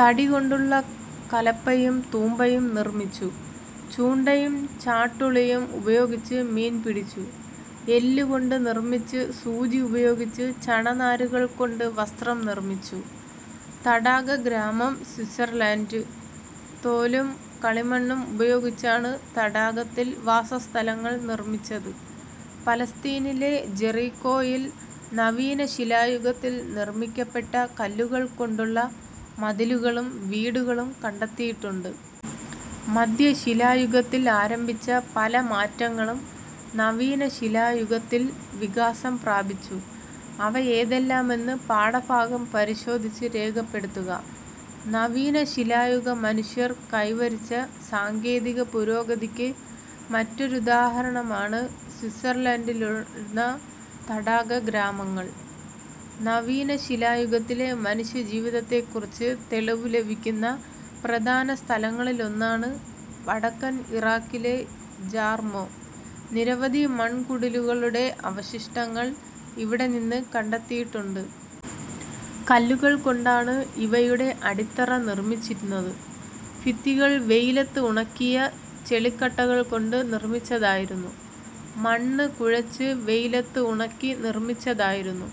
തടികൊണ്ടുള്ള കലപ്പയും തൂമ്പയും നിർമ്മിച്ചു. ചൂണ്ടയും ചാട്ടുളിയും ഉപയോഗിച്ച് മീൻ പിടിച്ചു. എല്ലു കൊണ്ട് നിർമ്മിച്ച് സൂചി ഉപയോഗിച്ച് ചണ നാരുകൾ കൊണ്ട് വസ്ത്രം നിർമിച്ചു. തടാകഗ്രാമം സ്വിറ്റ്സർലണ്ട്. തോലും കളിമണ്ണും ഉപയോഗിച്ചാണ് തടാകത്തിൽ വാസസ്ഥലങ്ങൾ നിർമ്മിച്ചത്. പലസ്തീനിലെ ജെറീക്കോയിൽ നവീനശിലായുഗത്തിൽ നിർമ്മിക്കപ്പെട്ട കല്ലുകൾ കൊണ്ടുള്ള മതിലുകളും വീടുകളും കണ്ടെത്തിയിട്ടുണ്ട്. മധ്യശിലായുഗത്തിൽ ആരംഭിച്ച പല മാറ്റങ്ങളും നവീന ശിലായുഗത്തിൽ വികാസം പ്രാപിച്ചു. അവയേതെല്ലാമെന്ന് പാഠഭാഗം പരിശോധിച്ച് രേഖപ്പെടുത്തുക. നവീന ശിലായുഗ മനുഷ്യർ കൈവരിച്ച സാങ്കേതിക പുരോഗതിക്ക് മറ്റൊരുദാഹരണമാണ് സ്വിറ്റ്സർലണ്ടിലുണ്ടായിരുന്ന തടാകഗ്രാമങ്ങൾ. നവീന ശിലായുഗത്തിലെ മനുഷ്യജീവിതത്തെക്കുറിച്ച് തെളിവ് ലഭിക്കുന്ന പ്രധാന സ്ഥലങ്ങളിലൊന്നാണ് വടക്കൻ ഇറാക്കിലെ ജാർമൊ. നിരവധി മൺകുടിലുകളുടെ അവശിഷ്ടങ്ങൾ ഇവിടെ നിന്ന് കണ്ടെത്തിയിട്ടുണ്ട്. കല്ലുകൾകൊണ്ടാണ് ഇവയുടെ അടിത്തറ നിർമ്മിച്ചിരുന്നത്. ഭിത്തികൾ വെയിലത്ത് ഉണക്കിയ ചെളിക്കട്ടകൾ കൊണ്ട് നിർമ്മിച്ചതായിരുന്നു. മണ്ണ് കുഴച്ച് വെയിലത്ത് ഉണക്കി നിർമ്മിച്ചതായിരുന്നു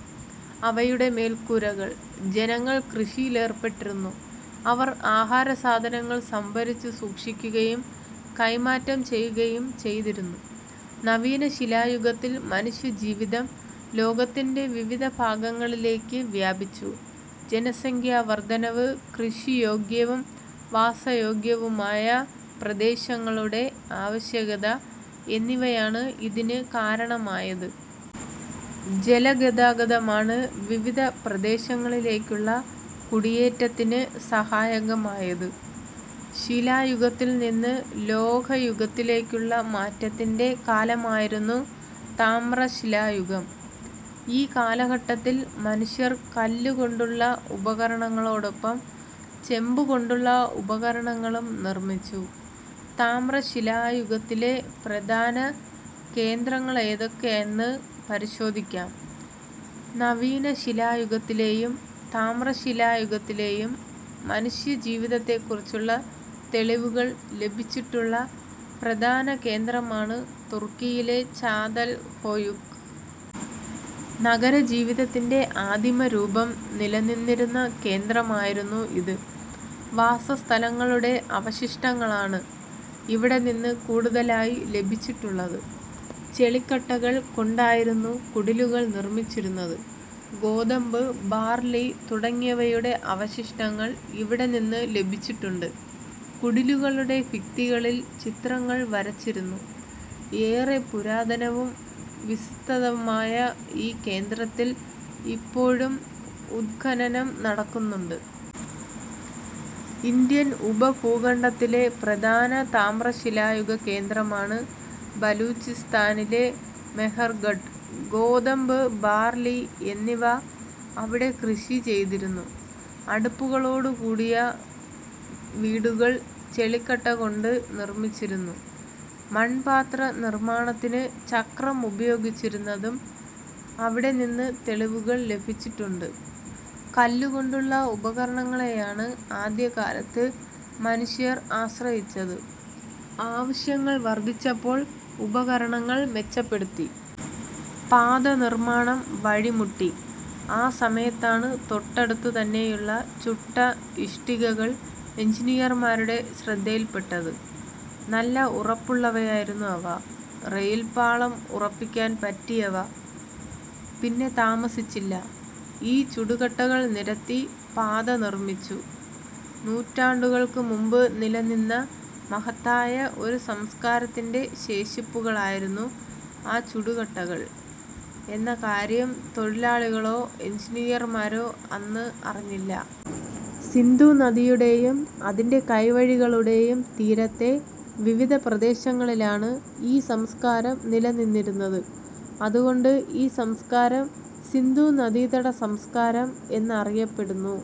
അവയുടെ മേൽക്കൂരകൾ. ജനങ്ങൾ കൃഷിയിലേർപ്പെട്ടിരുന്നു. അവർ ആഹാരസാധനങ്ങൾ സംഭരിച്ച് സൂക്ഷിക്കുകയും കൈമാറ്റം ചെയ്യുകയും ചെയ്തിരുന്നു. നവീനശിലായുഗത്തിൽ മനുഷ്യജീവിതം ലോകത്തിന്റെ വിവിധ ഭാഗങ്ങളിലേക്ക് വ്യാപിച്ചു. ജനസംഖ്യാ വർദ്ധനവ്, കൃഷിയോഗ്യവും വാസയോഗ്യവുമായ പ്രദേശങ്ങളുടെ ആവശ്യകത എന്നിവയാണ് ഇതിന് കാരണമായത്. ജലഗതാഗതമാണ് വിവിധ പ്രദേശങ്ങളിലേക്കുള്ള കുടിയേറ്റത്തിന് സഹായകമായത്. ശിലായുഗത്തിൽനിന്ന് ലോഹയുഗത്തിലേക്കുള്ള മാറ്റത്തിന്റെ കാലമായിരുന്നു താമ്രശിലായുഗം. ഈ കാലഘട്ടത്തിൽ മനുഷ്യർ കല്ലു കൊണ്ടുള്ള ഉപകരണങ്ങളോടൊപ്പം ചെമ്പു കൊണ്ടുള്ള ഉപകരണങ്ങളും നിർമ്മിച്ചു. താമ്രശിലായുഗത്തിലെ പ്രധാന കേന്ദ്രങ്ങളേതൊക്കെയെന്ന് പരിശോധിക്കാം. നവീന ശിലായുഗത്തിലെയും താമ്രശിലായുഗത്തിലെയും മനുഷ്യ ജീവിതത്തെക്കുറിച്ചുള്ള തെളിവുകൾ ലഭിച്ചിട്ടുള്ള പ്രധാന കേന്ദമാണ് തുർക്കിയിലെ ചാതൽ ഹൊയുക്ക്. നഗരജീവിതത്തിന്റെ ആദിമ രൂപം നിലനിന്നിരുന്ന കേന്ദ്രമായിരുന്നു ഇത്. വാസസ്ഥലങ്ങളുടെ അവശിഷ്ടങ്ങളാണ് ഇവിടെനിന്ന് കൂടുതലായി ലഭിച്ചിട്ടുള്ളത്. ചെളിക്കട്ടകൾ കൊണ്ടായിരുന്നു കുടിലുകൾ നിർമ്മിച്ചിരുന്നത്. ഗോതമ്പ്, ബാർലി തുടങ്ങിയവയുടെ അവശിഷ്ടങ്ങൾ ഇവിടെ നിന്ന് ലഭിച്ചിട്ടുണ്ട്. കുടിലുകളുടെ ഭിത്തികളിൽ ചിത്രങ്ങൾ വരച്ചിരുന്നു. ഏറെ പുരാതനവും വിസ്തതവുമായ ഈ കേന്ദ്രത്തിൽ ഇപ്പോഴും ഉത്ഖനനം നടക്കുന്നുണ്ട്. ഇന്ത്യൻ ഉപഭൂഖണ്ഡത്തിലെ പ്രധാന താമ്രശിലായുഗ കേന്ദ്രമാണ് ബലൂചിസ്ഥാനിലെ മെഹർഗഡ്, ഗോതമ്പ്, ബാർലി എന്നിവ അവിടെ കൃഷി ചെയ്തിരുന്നു. അടുപ്പുകളോടുകൂടിയ വീടുകൾ ചെളിക്കട്ട കൊണ്ട് നിർമ്മിച്ചിരുന്നു. മൺപാത്ര നിർമ്മാണത്തിന് ചക്രം ഉപയോഗിച്ചിരുന്നതിനും അവിടെനിന്ന് തെളിവുകൾ ലഭിച്ചിട്ടുണ്ട്. കല്ലുകൊണ്ടുള്ള ഉപകരണങ്ങളെയാണ് ആദ്യകാലത്ത് മനുഷ്യർ ആശ്രയിച്ചത്. ആവശ്യങ്ങൾ വർദ്ധിച്ചപ്പോൾ ഉപകരണങ്ങൾ മെച്ചപ്പെടുത്തി. പാത നിർമ്മാണം വഴിമുട്ടി. ആ സമയത്താണ് തൊട്ടടുത്തു തന്നെയുള്ള ചുട്ട ഇഷ്ടികകൾ എഞ്ചിനീയർമാരുടെ ശ്രദ്ധയിൽപ്പെട്ടത്. നല്ല ഉറപ്പുളളവയായിരുന്നു അവ. റയിൽപ്പാളം ഉറപ്പിക്കാൻ പറ്റിയവ. പിന്നെ താമസിച്ചില്ല ഈ ചുടുകട്ടകൾ നിരത്തി പാത നിർമ്മിച്ചു. നൂറ്റാണ്ടുകൾക്ക് മുമ്പ് നിലനിന്ന മഹത്തായ ഒരു സംസ്കാരത്തിന്റെ ശേഷിപ്പുകളായിരുന്നു ആ ചുടുകട്ടകൾ എന്ന കാര്യം തൊഴിലാളികളോ എഞ്ചിനീയർമാരോ അന്ന് അറിഞ്ഞില്ല. സിന്ധു നദിയുടെയും അതിന്റെ കൈവഴികളുടെയും തീരത്തെ വിവിധ പ്രദേശങ്ങളിലാണ് ഈ സംസ്കാരം നില നിന്നിരുന്നത്. അതുകൊണ്ട് ഈ സംസ്കാരം സിന്ധു നദീതട സംസ്കാരം എന്നറിയപ്പെടുന്നു.